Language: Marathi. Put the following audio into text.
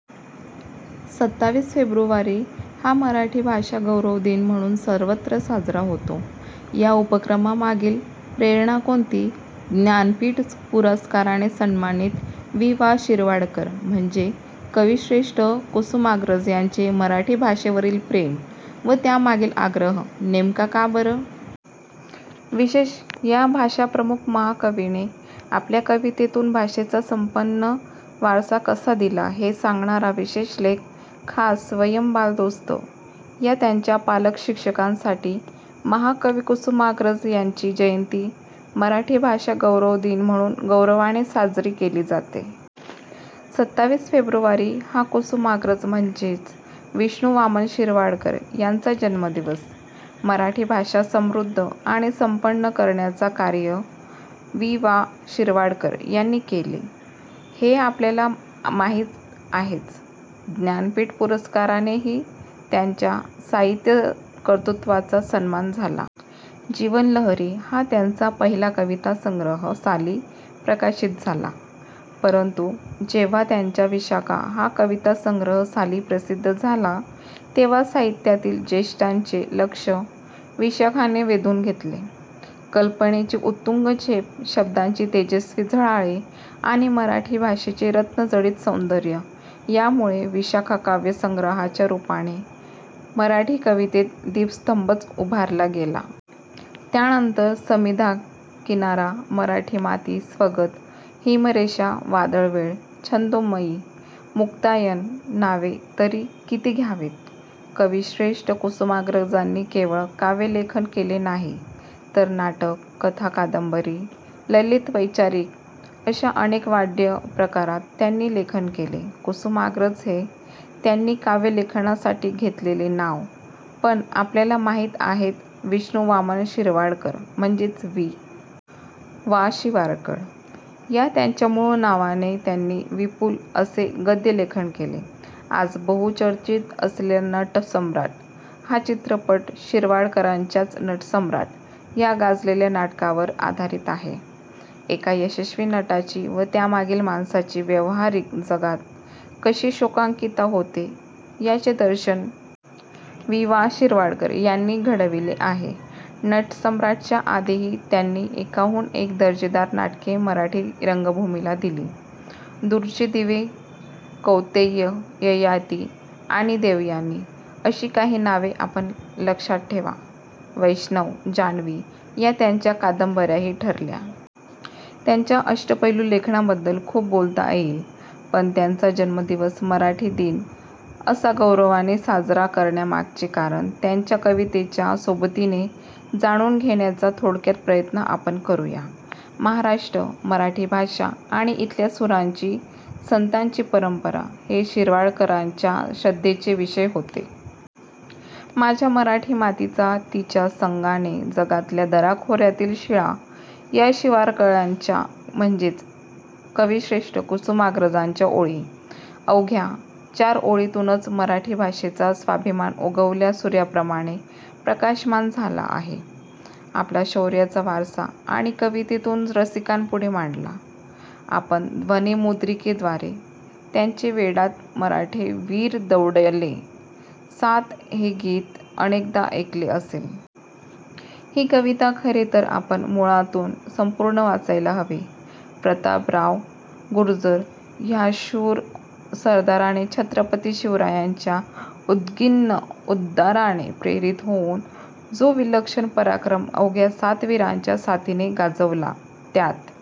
सत्तावीस फेब्रुवारी हा मराठी भाषा गौरव दिन म्हणून सर्वत्र साजरा होतो. ह्या उपक्रमामागील प्रेरणा कोणती? ज्ञानपीठ पुरस्काराने सन्मानित वि. वा. शिरवाडकर म्हणजेच कविश्रेष्ठ कुसुमाग्रज यांचे मराठी भाषेवरील प्रेम व त्या मागील आग्रह नेमका का बरं? आणि या भाषाप्रभू महाकवीने आपल्या कवितेतून भाषेचा संपन्न वारसा कसा दिला? हे सांगणारा विशेष लेख, खास वयम् बालदोस्त व त्यांच्या पालक-शिक्षकांसाठी महाकवी कुसुमाग्रज यांची जयंती मराठी भाषा गौरव दिन म्हणून गौरवाने साजरी केली जाते. सत्तावीस फेब्रुवारी हा कुसुमाग्रज म्हणजेच विष्णू वामन शिरवाडकर यांचा जन्मदिवस. मराठी भाषा समृद्ध आणि संपन्न करण्याचं कार्य वि. वा. शिरवाडकर यांनी केलं हे आपल्याला माहीत आहेच. ज्ञानपीठ पुरस्कारानेही त्यांच्या साहित्य कर्तृत्वाचा सन्मान झाला. जीवनलहरी हा त्यांचा पहिला कवितासंग्रह साली प्रकाशित झाला, परंतु जेव्हा त्यांचा विशाखा हा कवितासंग्रह साली प्रसिद्ध झाला तेव्हा साहित्यातील ज्येष्ठांचे लक्ष्य विशाखा ने वेधून घेतले. कल्पनेची उत्तुंग झेप शब्दांची तेजस्वी झळाळी आणि मराठी भाषेचे रत्नजडित सौंदर्य यामुळे विशाखा काव्यसंग्रहाच्या रूपाने मराठी कवितेत दीपस्तंभच उभारला गेला. त्यानंतर समिधा, किनारा, मराठी माती, स्वगत, हिमरेषा वादळवेल, छंदोमयी, मुक्तायन नावे तरी किती घ्यावीत! कविश्रेष्ठ कुसुमाग्रजांनी केवळ काव्यलेखन केले नाही, तर नाटक, कथा-कादंबरी, ललित-वैचारिक अशा अनेक वाङ्मय प्रकारांत त्यांनी लेखन केले. कुसुमाग्रज हे त्यांनी काव्यलेखनासाठी घेतलेले नाव पण आपल्याला माहीत आहेत विष्णू वामन शिरवाडकर म्हणजेच वि. वा. शिरवाडकर. या त्यांच्या मूळ नावाने त्यांनी विपुल असे गद्यलेखन केले. आज बहुचर्चित असलेला नटसम्राट हा चित्रपट शिरवाडकरांच्याच नटसम्राट ह्या गाजलेल्या नाटकावर आधारित आहे. एका यशस्वी नटाची व त्यातील माणसाची व्यवहारिक जगात कशी शोकांतिका होते याचे दर्शन वि. वा. शिरवाडकर यांनी घडविले आहे. नटसम्राटच्या आधीही त्यांनी एकाहून एक दर्जेदार नाटके मराठी रंगभूमीला दिली. दूरचे दिवे, कौंतेय, ययाती आणि देवयानी अशी काही नावे आपण लक्षात ठेवा. वैष्णव, जान्हवी या त्यांच्या कादंबयाही ठरल्या. त्यांच्या अष्टपैलू लेखनाबद्दल खूप बोलता येईल पण त्यांचा जन्मदिवस मराठी दिन असा गौरवाने साजरा करण्यामागचे कारण त्यांच्या कवितेच्या सोबतीने जाणून घेण्याचा थोडक्यात प्रयत्न आपण करूया. महाराष्ट्र, मराठी भाषा आणि इथल्या सुरांची, संतांची परंपरा हे शिरवाडकरांच्या श्रद्धेचे विषय होते. माझ्या मराठी मातीचा तिच्या संगाने जागल्या दऱ्याखोऱ्यातील शिळा या शिरवाडकरांच्या म्हणजेच कविश्रेष्ठ कुसुमाग्रजांच्या ओळी! अवघ्या चार ओळींतूनच मराठी भाषेचा स्वाभिमान उगवत्या सूर्याप्रमाणे प्रकाशमान झाला आहे. आपला शौर्याचा वारसा त्यांनी कवितेतून रसिकांपुढे मांडला. आपण ध्वनिमुद्रिकेद्वारे त्यांचे वेडात मराठे वीर दौडले सात हे गीत अनेकदा ऐकले असेल. ही कविता खरे तर आपण मूळातून संपूर्ण वाचायला हवी. प्रतापराव गुर्जर ह्या शूर सरदाराने छत्रपती शिवरायांच्या उद्विग्न उद्गाराने प्रेरित होऊन जो विलक्षण पराक्रम अवघ्या सात वीरांच्या साथीने गाजवला त्यात